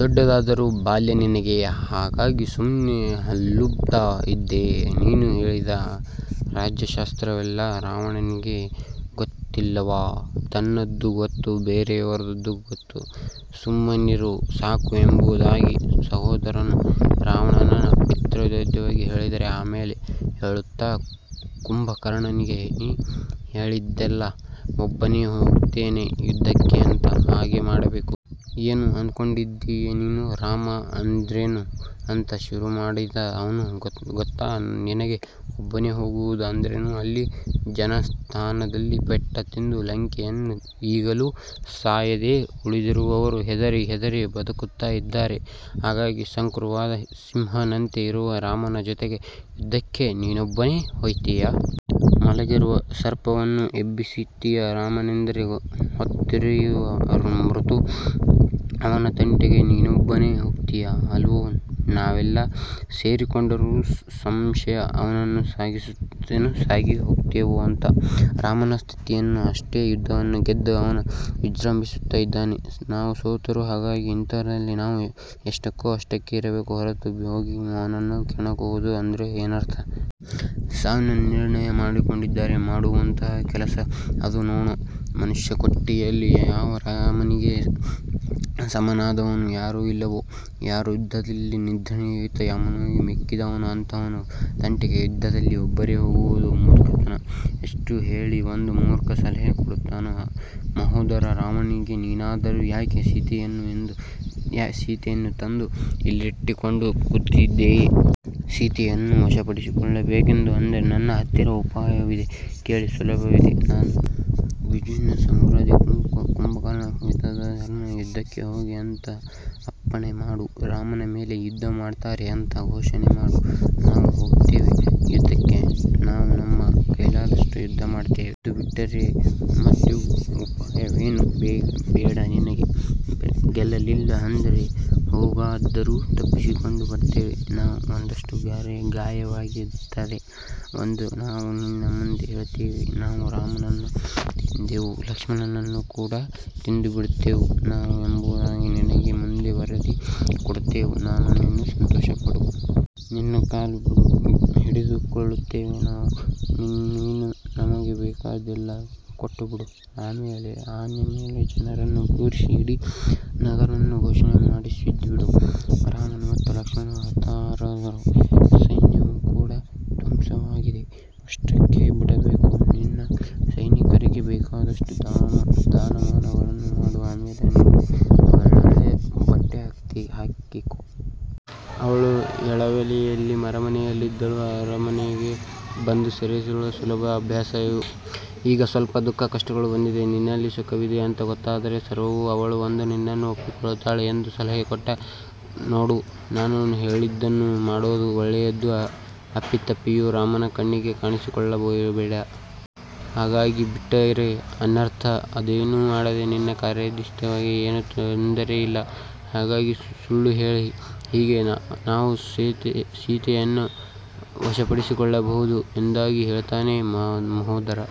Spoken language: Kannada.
ದೊಡ್ಡದಾದರೂ ಬಾಲ್ಯ ನಿನಗೆ. ಹಾಗಾಗಿ ಸುಮ್ನೆ ಹಲುಬ್ತಾ ಇದೀಯೆ. ನೀನು ಹೇಳಿದ ರಾಜ್ಯಶಾಸ್ತ್ರವೆಲ್ಲ ರಾವಣನಿಗೆ ಗೊತ್ತಿಲ್ಲವಾ? ತನ್ನದೂ ಗೊತ್ತು, ಬೇರೆಯವರದೂ ಗೊತ್ತು. ಸುಮ್ಮನಿರು ಸಾಕು ಎಂಬುದಾಗಿ ಸಹೋದರನು ರಾವಣನ ಪ್ರೀತ್ಯರ್ಥವಾಗಿ ಹೇಳಿ ಆಮೇಲೆ ಹೇಳ್ತಾನೆ ಕುಂಭಕರ್ಣನಿಗೆ. ನೀ ಹೇಳಿದ್ಯಲ್ಲ ಒಬ್ಬನೇ ಹೋಗ್ತೇನೆ ಯುದ್ಧಕ್ಕೆ ಅಂತ ಹಾಗೆ ಮಾಡಬೇಕು. ಏನು ಅಂದ್ಕೊಂಡಿದೀಯೆ ನೀನು? ರಾಮ ಅಂದ್ರೇನು ಅಂತ ಶುರುಮಾಡಿದ ಅವ್ನು. ಗೊತ್ತಾ ನಿನಗೆ ಒಬ್ಬನೇ ಹೋಗುವುದು ಅಂದ್ರೇನು. ಅಲ್ಲಿ ಜನಸ್ಥಾನದಲ್ಲಿ ಪೆಟ್ಟು ತಿಂದು ಲಂಕೆಯಲ್ಲಿ ಈಗಲೂ ಸಾಯದೇ ಉಳಿದಿರುವವರು ಹೆದರಿ ಹೆದರಿ ಬದುಕ್ತಾ ಇದಾರೆ. ಹಾಗಾಗಿ ಸಂಕ್ರುದ್ಧನಾದ ಸಿಂಹನಂತೆ ಇರುವ ರಾಮನ ಜೊತೆಗೆ ಯುದ್ಧಕ್ಕೆ ನೀನೊಬ್ಬನೇ ಹೋಗ್ತೀಯ. ಮಲಗಿರುವ ಸರ್ಪವನ್ನು ಎಬ್ಬಿಸ್ತೀಯಾ ರಾಮನೆಂದರೆ ಹೊತ್ತಿಯುರಿಯುವ ಮೃತ್ಯು. ಅವನ ತಂಟೆಗೆ ನೀನೊಬ್ಬನೇ ಹೋಗ್ತೀಯಾ ಅಲ್ವೋ, ನಾವೆಲ್ಲಾ ಸೇರಿಕೊಂಡರೂ ಸಂಶಯ ಅವನನ್ನು ಸಾಗಿಹಾಕ್ತೇವೋ ಅಂತ. ರಾಮನ ಸ್ಥಿತಿಯೇನು ಎಷ್ಟೋ ಯುದ್ಧಗಳನ್ನು ಗೆದ್ದು ಅವನು ವಿಜೃಂಭಿಸ್ತಾ ಇದ್ದಾನೆ. ನಾವು ಸೋತವರು. ಹಾಗಾಗಿ ಇಂಥದ್ದರಲ್ಲಿ ನಾವು ಎಷ್ಟುಕ್ಕೋ ಅಷ್ಟಕ್ಕೆ ಇರಬೇಕು ಹೊರತು ಹೋಗಿ ಅವನನ್ನು ಕೆಣಕುವುದು ಅಂದ್ರೆ ಏನರ್ಥ. ಸಾವಿನ ನಿರ್ಣಯ ಮಾಡಿಕೊಂಡರೆ ಮಾಡುವಂಥ ಕೆಲಸ ಅದು. ನೋಡು ಮನುಷ್ಯಕೋಟಿಯಲ್ಲಿ ಯಾವ ರಾವನಿಗೆ ಸಮನಾದವರು ಯಾರೂ ಇಲ್ಲವೋ, ಯಾರು ಯುದ್ಧದಲ್ಲಿ ಇಂದ್ರನಿಗೂ, ಯಮನಿಗೂ ಮಿಕ್ಕಿದವನೋ ಅಂಥವನ ತಂಟೆಗೆ ಯುದ್ಧದಲ್ಲಿ ಒಬ್ಬರೇ ಹೋಗುವುದು ಮೂರ್ಖತನ. ಇಷ್ಟು ಹೇಳಿ ಒಂದು ಮೂರ್ಖ ಸಲಹೆ ಕೊಡ್ತಾನೆ ಮಹೋದರ ರಾವಣನಿಗೆ. ನೀನಾದರೂ ಯಾಕೆ ಸೀತೆಯನ್ನು ತಂದು ಇಲ್ಲಿಟ್ಟುಕೊಂಡು ಕೂತಿದೀಯೆ? ಸೀತೆಯನ್ನು ವಶಪಡಿಸಿಕೊಳ್ಬೇಕು ಅಂದ್ರೆ ನನ್ನ ಹತ್ತಿರ ಉಪಾಯವಿದೆ. ಕೇಳು. ಸುಲಭವಿದೆ. ನಾನು, ವಿಜಿಹ್ವ, ಸಂಘ್ರಾದಿ, ಕುಂಭಕರ್ಣ, ವಿದರ್ಧನ ಯುದ್ಧಕ್ಕೆ ಹೋಗಿ ಅಂತ ಅಪ್ಪಣೆ ಮಾಡು. ರಾಮನ ಮೇಲೆ ಯುದ್ಧ ಮಾಡ್ತಾರೆ ಅಂತ ಘೋಷಣೆ ಮಾಡು. ನಾವು ಹೋಗ್ತೇವೆ ಯುದ್ಧಕ್ಕೆ. ನಾವು ನಮ್ಮ ಕೈಲಾದಷ್ಟು ಯುದ್ಧ ಮಾಡ್ತೇವೆ. ನಾವು ಗೆದ್ದುಬಿಟ್ಟರೆ ಮತ್ತೆ ಉಪಾಯವೇನೂ ಬೇಡ ನಿನಗೆ. ಗೆಲ್ಲಲಿಲ್ಲ ಅಂದ್ರೆ ಹೇಗಾದರೂ ತಪ್ಪಿಸಿಕೊಂಡು ಬರ್ತೇವೆ ನಾವು. ಒಂದಷ್ಟು ಗಾಯವಾಗಿರ್ತದೆ. ಬಂದು ನಾವು ನಿನ್ನ ಮುಂದೆ ಹೇಳ್ತೇವೆ. ನಾವು ರಾಮನನ್ನು ತಿಂದೆವು. ಲಕ್ಷ್ಮಣನನ್ನೂ ಕೂಡ ತಿಂದುಬಿಟ್ಟೆವು ನಾವು ಎಂಬುದಾಗಿ ನಿನ್ನ ಮುಂದೆ ವರದಿ ಕೊಡ್ತೇವೆ ನಾವು. ನೀನು ಸಂತೋಷಪಡು. ನಿನ್ನ ಕಾಲು ಹಿಡಿದುಕೊಳ್ತೇವೆ ನಾವು. ನೀನು ನಮಗೆ ಬೇಕಾದ್ದೆಲ್ಲ ಕೊಟ್ಟುಬಿಡು. ಆಮೇಲೆ ಆನೆ ಮೇಲೆ ಜನರನ್ನು ಕೂರಿಸಿ ಇಡೀ ನಗರವನ್ನು ಘೋಷಣೆ ಮಾಡಿಸಿಬಿಡು. ರಾಮ ಮತ್ತು ಲಕ್ಷ್ಮಣರು ಹತರಾದರು ಸೈನ್ಯವೂ ಕೂಡ ಧ್ವಂಸವಾಗಿದೆ. ಅಷ್ಟಕ್ಕೇ ಬಿಡಬೇಡ. ನಿನ್ನ ಸೈನಿಕರಿಗೆ ಬೇಕಾದಷ್ಟು ದಾನಮಾನಗಳನ್ನು ಮಾಡು. ಆಮೇಲೆ ನೀನು ಒಳ್ಳೊಳ್ಳೆ ಬಟ್ಟೆ ಹಾಕಿಕೋ. ಅವಳು ಎಳವೆಯಲ್ಲೇ ಅರಮನೆಯಲ್ಲಿದ್ದವಳು, ಅರಮನೆಗೇ ಬಂದು ಸೇರಿದವಳು. ಸುಖವೇ ಅಭ್ಯಾಸ. ಈಗ ಸ್ವಲ್ಪ ದುಃಖ, ಕಷ್ಟಗಳು ಬಂದಿದೆ. ನಿನ್ನಲ್ಲಿ ಸುಖವಿದೆ ಅಂತ ಗೊತ್ತಾದರೆ ಸರ್ವಥಾ ಅವಳು ಬಂದು ನಿನ್ನನ್ನು ಒಪ್ಪಿಕೊಳ್ತಾಳೆ ಎಂದು ಸಲಹೆ ಕೊಟ್ಟ. ನೋಡು ನಾನು ಹೇಳಿದ್ದನ್ನು ಮಾಡೋದು ಒಳ್ಳೆಯದು. ಅಪ್ಪಿತಪ್ಪಿಯೂ ರಾಮನ ಕಣ್ಣಿಗೆ ಕಾಣಿಸಿಕೊಳ್ಳಬೇಡ. ಹಾಗಾಗಿಬಿಟ್ಟರೆ ಅನರ್ಥ. ಅದೇನೂ ಮಾಡದೆ ನಿನ್ನ ಕಾರ್ಯಸಿದ್ಧಿಯಾಗ್ತದೆ. ಏನೂ ತೊಂದರೆಯಿಲ್ಲ. ಹಾಗಾಗಿ ಸುಳ್ಳುಹೇಳಿ ಹೀಗೆ ನಾವು ಸೀತೆಯನ್ನು ವಶಪಡಿಸಿಕೊಳ್ಳಬಹುದು ಎಂಬುದಾಗಿ ಹೇಳ್ತಾನೆ ಮಹೋದರ.